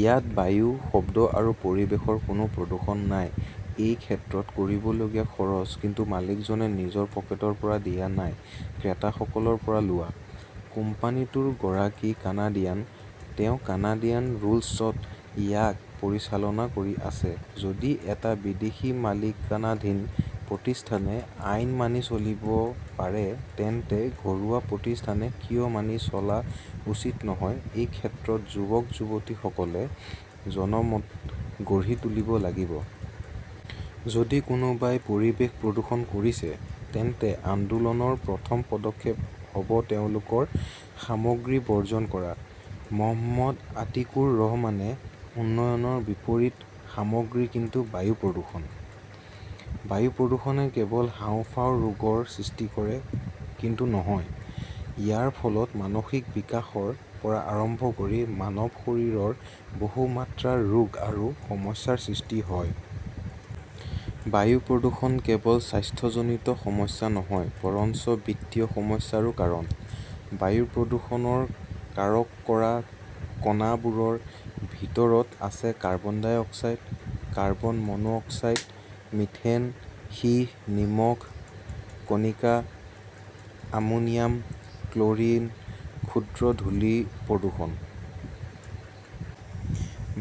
ইয়াত বায়ু, শব্দ আৰু পৰিৱেশৰ কোনো প্ৰদূষণ নাই। এই ক্ষেত্ৰত কৰিবলগীয়া খৰচ, কিন্তু মালিকজনে নিজৰ পকেটৰ পৰা দিয়া নাই। ক্ৰেতাসকলৰ পৰা লোৱা। কোম্পানীটোৰ গৰাকী কানাডিয়ান। তেওঁ কানাডিয়ান ৰুলছত ইয়াক পৰিচালনা কৰি আছে। যদি এটা বিদেশী মালিকানাধীন প্ৰতিষ্ঠানে আইন মানি চলিব পাৰে, তেন্তে ঘৰুৱা প্ৰতিষ্ঠানে কিয় মানি চলা উচিত নহয় এই ক্ষেত্ৰত যুৱক-যুৱতীসকলে জনমত গঢ়ি তুলিব লাগিব। যদি কোনোবাই পৰিৱেশ প্ৰদূষণ কৰিছে, তেন্তে আন্দোলনৰ প্ৰথম পদক্ষেপ হ’ব তেওঁলোকৰ সামগ্ৰী বৰ্জন কৰা। মহম্মদ আতিকুৰ ৰহমানে উন্নয়নৰ বিপৰীত সামগ্ৰী কিন্তু বায়ু প্ৰদূষণ। বায়ু প্ৰদূষণে কেৱল হাঁওফাঁওৰ ৰোগৰ সৃষ্টি কৰে, কিন্তু নহয়। ইয়াৰ ফলত মানসিক বিকাশৰ পৰা আৰম্ভ কৰি মানৱ শৰীৰৰ বহু মাত্ৰাৰ ৰোগ আৰু সমস্যাৰ সৃষ্টি হয়। বায়ু প্ৰদূষণ কেৱল স্বাস্থ্যজনিত সমস্যা নহয় বৰঞ্চ বিত্তীয় সমস্যাৰো কাৰণ। বায়ু প্ৰদূষণৰ কাৰক কৰা কণাবোৰৰ ভিতৰত আছে carbon dioxide, carbon monoxide, methane, সীহ, নিমখ কণিকা, আমোনিয়াম, ক্ল ৰিন, ক্ষুদ্ৰ ধূলি প্ৰদূষণ।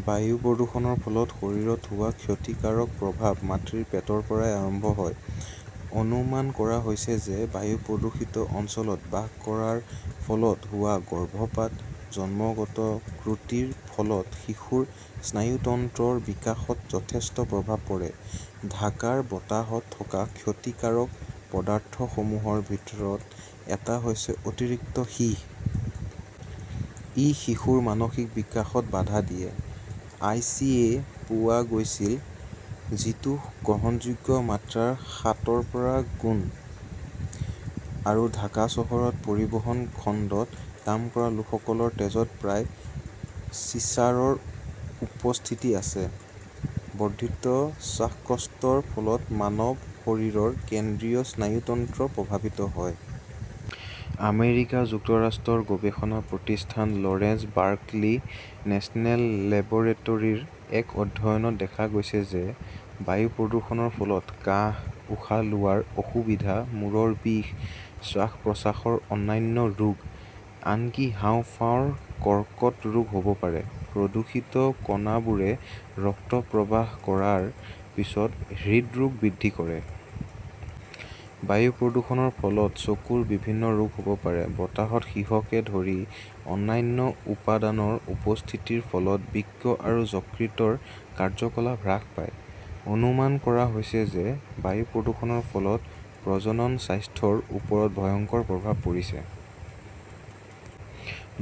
বায়ু প্ৰদূষণৰ ফলত শৰীৰত হোৱা ক্ষতিকাৰক প্ৰভাৱ মাতৃৰ পেটৰ পৰাই আৰম্ভ হয়। অনুমান কৰা হৈছে যে বায়ু প্ৰদূষিত অঞ্চলত বাস কৰাৰ ফলত হোৱা গৰ্ভপাত/জন্মগত ত্ৰুটিৰ ফলত শিশুৰ স্নায়ুতন্ত্ৰৰ বিকাশত যথেষ্ট প্ৰভাৱ পৰে। ঢাকাৰ বতাহত থকা ক্ষতিকাৰক পদাৰ্থসমূহৰ ভিতৰত এটা হৈছে অতিৰিক্ত সীহ। ই শিশুৰ মানসিক বিকাশত বাধা দিয়ে। আই. চি. এ. পোৱা গৈছিল, যিটো গ্ৰহণযোগ্য মাত্ৰাৰ সাত ৰ পৰা গুণ। আৰু ঢাকা চহৰত পৰিবহণ খণ্ডত কাম কৰা লোকসকলৰ তেজত প্ৰায় চিছাৰৰ উপস্থিতি আছে। বৰ্ধিত শ্বাসকষ্টৰ ফলত মানৱ শৰীৰৰ কেন্দ্ৰীয় স্নায়ুতন্ত্ৰ প্ৰভাৱিত হয়। আমেৰিকা যুক্তৰাষ্ট্ৰৰ গৱেষণা প্ৰতিষ্ঠান লৰেন্স বাৰ্কলি নেচনেল লেবৰেটৰীৰ এক অধ্যয়নত দেখা গৈছে যে বায়ু প্ৰদূষণৰ ফলত কাহ-উশাহ লোৱাৰ অসুবিধা, মূৰৰ বিষ, শ্বাস-প্ৰশ্বাসৰ অন্যান্য ৰোগ, আনকি হাঁওফাঁওৰ কৰ্কট ৰোগ হ 'ব পাৰে। প্ৰদূষিত কণাবোৰে ৰক্ত প্ৰবাহ কৰাৰ পিছত হৃদৰোগ বৃদ্ধি কৰে। বায়ু প্ৰদূষণৰ ফলত চকুৰ বিভিন্ন ৰোগ হ’ব পাৰে। বতাহত সীহকে ধৰি অন্যান্য উপাদানৰ উপস্থিতিৰ ফলত বৃক্ক আৰু যকৃতৰ কাৰ্য্যকলাপ হ্ৰাস পায়। অনুমান কৰা হৈছে যে বায়ু প্ৰদূষণৰ ফলত প্ৰজনন স্বাস্থ্যৰ ওপৰত ভয়ংকৰ প্ৰভাৱ পৰিছে।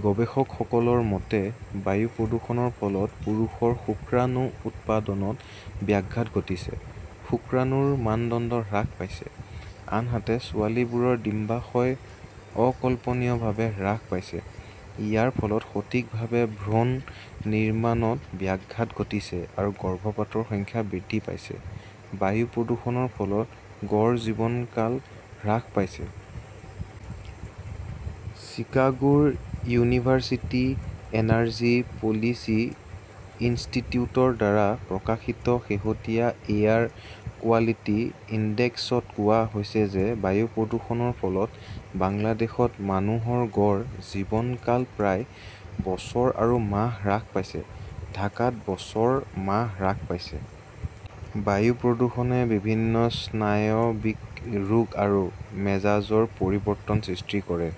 গৱেষকসকলৰ মতে, বায়ু প্ৰদূষণৰ ফলত পুৰুষৰ শুক্ৰাণু উৎপাদনত ব্যাঘাত ঘটিছে; শুক্ৰাণুৰ মানদণ্ড হ্ৰাস পাইছে। আনহাতে ছোৱালীবোৰৰ ডিম্বাশয় অকল্পনীয়ভাৱে হ্ৰাস পাইছে। ইয়াৰ ফলত সঠিকভাৱে ভ্ৰূণ নিৰ্মাণত ব্যাঘাত ঘটিছে আৰু গৰ্ভপাতৰ সংখ্যা বৃদ্ধি পাইছে। বায়ু প্ৰদূষণৰ ফলত গড় জীৱনকাল হ্ৰাস পাইছে। চিকাগোৰ ইউনিভাৰ্চিটি এনাৰ্জি পলিচি ইনষ্টিটিউটৰ দ্বাৰা প্ৰকাশিত শেহতীয়া এয়াৰ কোৱালিটি ইনডেক্স ত কোৱা হৈছে যে বায়ু প্ৰদূষণৰ ফলত বাংলাদেশত মানুহৰ গড় জীৱনকাল প্ৰায় বছৰ আৰু মাহ হ্ৰাস পাইছে। ঢাকাত বছৰ মাহ হ্ৰাস পাইছে। বায়ু প্ৰদূষণে বিভিন্ন স্নায়ৱিক ৰোগ আৰু মেজাজৰ পৰিৱৰ্তনৰ সৃষ্টি কৰে ।